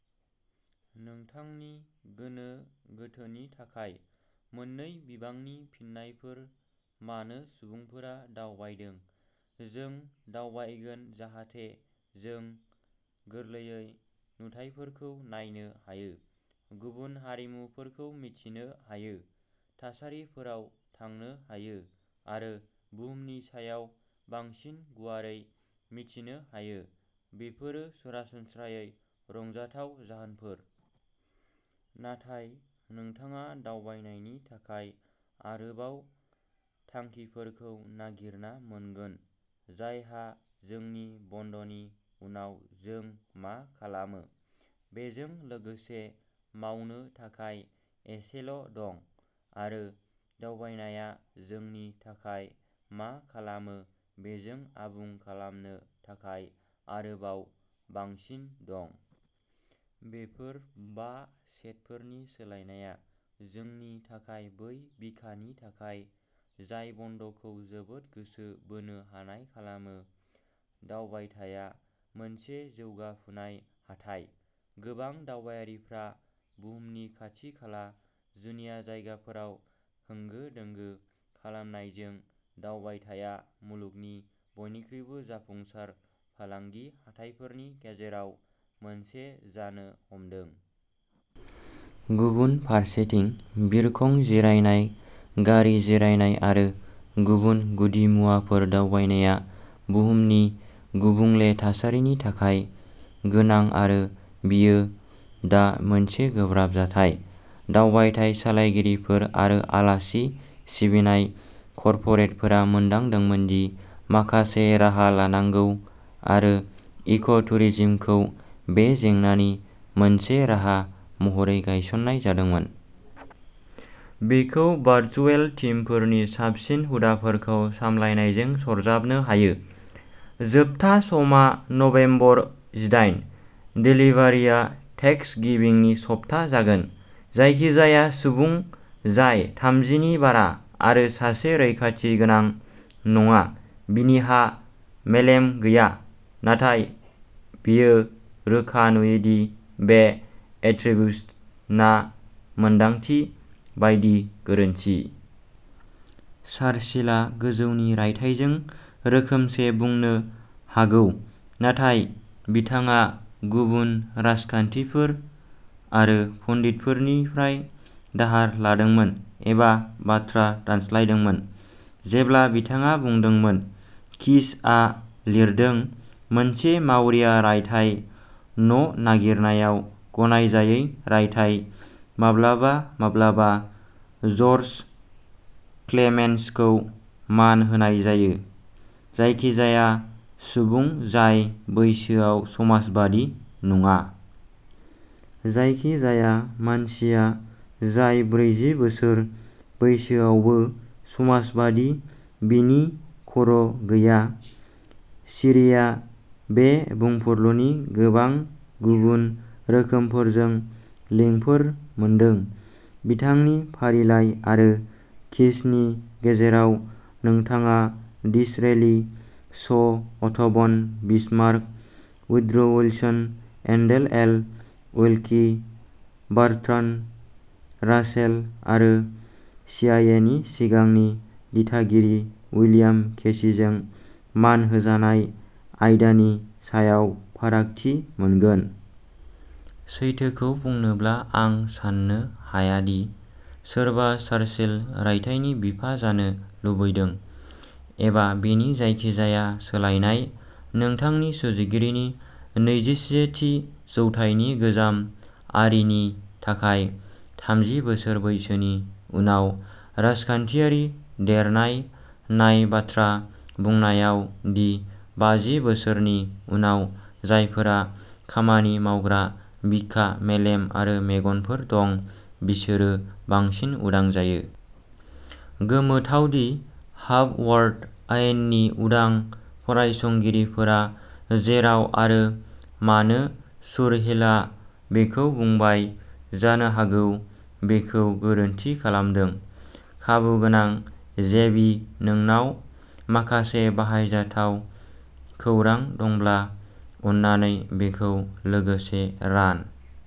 नोंथांनि गोनो-गोथोनि थाखाय मोननै बिबांनि फिननायफोर, मानो सुबुंफोरा दावबायदों। जों दावबायगोन जाहाथे जों गोरलैयै नुथायफोरखौ नायनो हायो, गुबुन हारिमुफोरखौ मिथिनो हायो, थासारिफोराव थांनो हायो आरो बुहुमनि सायाव बांसिन गुवारै मिथिनो हायो। बेफोरो सरासनस्रायै रंजाथाव जाहोनफोर। नाथाय नोंथाङा दावबायनायनि थाखाय आरोबाव थांखिफोरखौ नागिरना मोनगोन जायहा जोंनि बन्द'नि उनाव जों मा खालामो बेजों लोगोसे मावनो थाखाय एसेल' दं आरो दावबायनाया जोंनि थाखाय मा खालामो बेजों आबुं खालामनो थाखाय आरोबाव बांसिन दं। बेफोर बा सेटफोरनि सोलायनाया जोंनि थाखाय बै बिखानि थाखाय जाय बन्द'खौ जोबोद गोसो बोनो हानाय खालामो। दावबायथाया मोनसे जौगाफुनाय हाथाय। गोबां दावबायारिफ्रा बुहुमनि खाथि-खाला जुनिया जायगाफोराव होंगो-दोंगो खालामनायजों, दावबायथाया मुलुगनि बयनिख्रुइबो जाफुंसार फालांगि हाथाइफोरनि गेजेराव मोनसे जानो हमदों। गुबुन फारसेथिं, बिरखं जिरायनाय, गारि जिरायनाय आरो गुबुन गुदिमुवाफोर। दावबायनाया बुहुमनि गुबुंले थासारिनि थाखाय गोनां आरो बेयो दा मोनसे गोब्राब जाथाय। दावबायथाय सालायगिरिफोर आरो आलासि सिबिनाय कर्परेटफोरा मोनदांदोंमोन दि माखासे राहा लानांगौ, आरो इक'- टुरिज्मखौ बे जेंनानि मोनसे राहा महरै गायसननाय जादोंमोन। बेखौ भार्च्युएल टिमफोरनि साबसिन हुदाफोरखौ सामलायनायजों सरजाबनो हायो। जोबथा समआ नबेम्बर जिदाइन। देलिभारिआ थेक्सगिविंनि सप्ता जागोन। जायखिजाया सुबुं जाय थामजिनि बारा, आरो सासे रैखाथि गोनां नङा, बिनिहा मेलेम गैया। नाथाय, बेयो रोखा नुयो दि बे एट्रिब्युशना मोन्दांथि बायदि गोरोन्थि। चार्चिलआ गोजौनि रायथाइजों रोखोमसे बुंनो हागौ, नाथाय बिथाङा गुबुन राजखान्थिफोर आरो पन्डितफोरनिफ्राय दाहार लादोंमोन एबा बाथ्रा दानस्लायदोंमोन जेब्ला बिथाङा बुंदोंमोन। कीजआ लिरदोंः "मोनसे मावरिया रायथाइ न'नागिरनायाव गनायजायै रायथाइ माब्लाबा-माब्लाबा ज'र्ज क्लेमेन्स'खौ मान होनाय जायोः" जायखिजाया सुबुं जाय बैसोयाव समाजबादि नङा। जायखिजाया मानसिया जाय ब्रैजि बोसोर बैसोआवबो समाजबादि, बिनि खर' गैया। शिरेआ बे बुंफुरलुनि गोबां गुबुन रोखोमफोरजों लिंकफोर मोनदों। बिथांनि फारिलाइ आरो कीजनि गेजेराव, नोंथाङा Disraeli, Shaw', Otto von Bismarck, Woodrow Wilson, Wendell L. Willkie, Bertrand Russell, आरो सिआइएनि सिगांनि दिथागिरि, उइलियाम केसिजों मान होजानाय आयदानि सायाव फारागथि मोनगोन। सैथोखौ बुंनोब्ला, आं साननो हाया दि सोरबा "चार्चिल" रायथाइनि बिफा जानो लुबैदों, एबा बेनि जायखिजाया सोलायनाय। नोंथांनि सुजुगिरिनि नैजिसेथि जौथाइनि गोजाम आरीनि थाखाय थामजि बोसोर बैसोनि उनाव राजखान्थियारि देरनाय नाय-बाथ्रा बुंनायाव दि, बाजि बोसोरनि उनाव, जायफोरा खामानि मावग्रा बिखा, मेलेम आरो मेगनफोर दं, बिसोरो बांसिन उदां जायो। गोमोथाव दि हार्वार्ड आयेननि उदां फरायसंगिरिफोरा जेराव आरो मानो चुरहिलआ बेखौ बुंबाय जानो हागौ बेखौ गोरोन्थि खालामदों। खाबुगोनां? जेबि, नोंनाव माखासे बाहायजाथाव खौरां दंब्ला, अन्नानै बेखौ लोगोसे रान।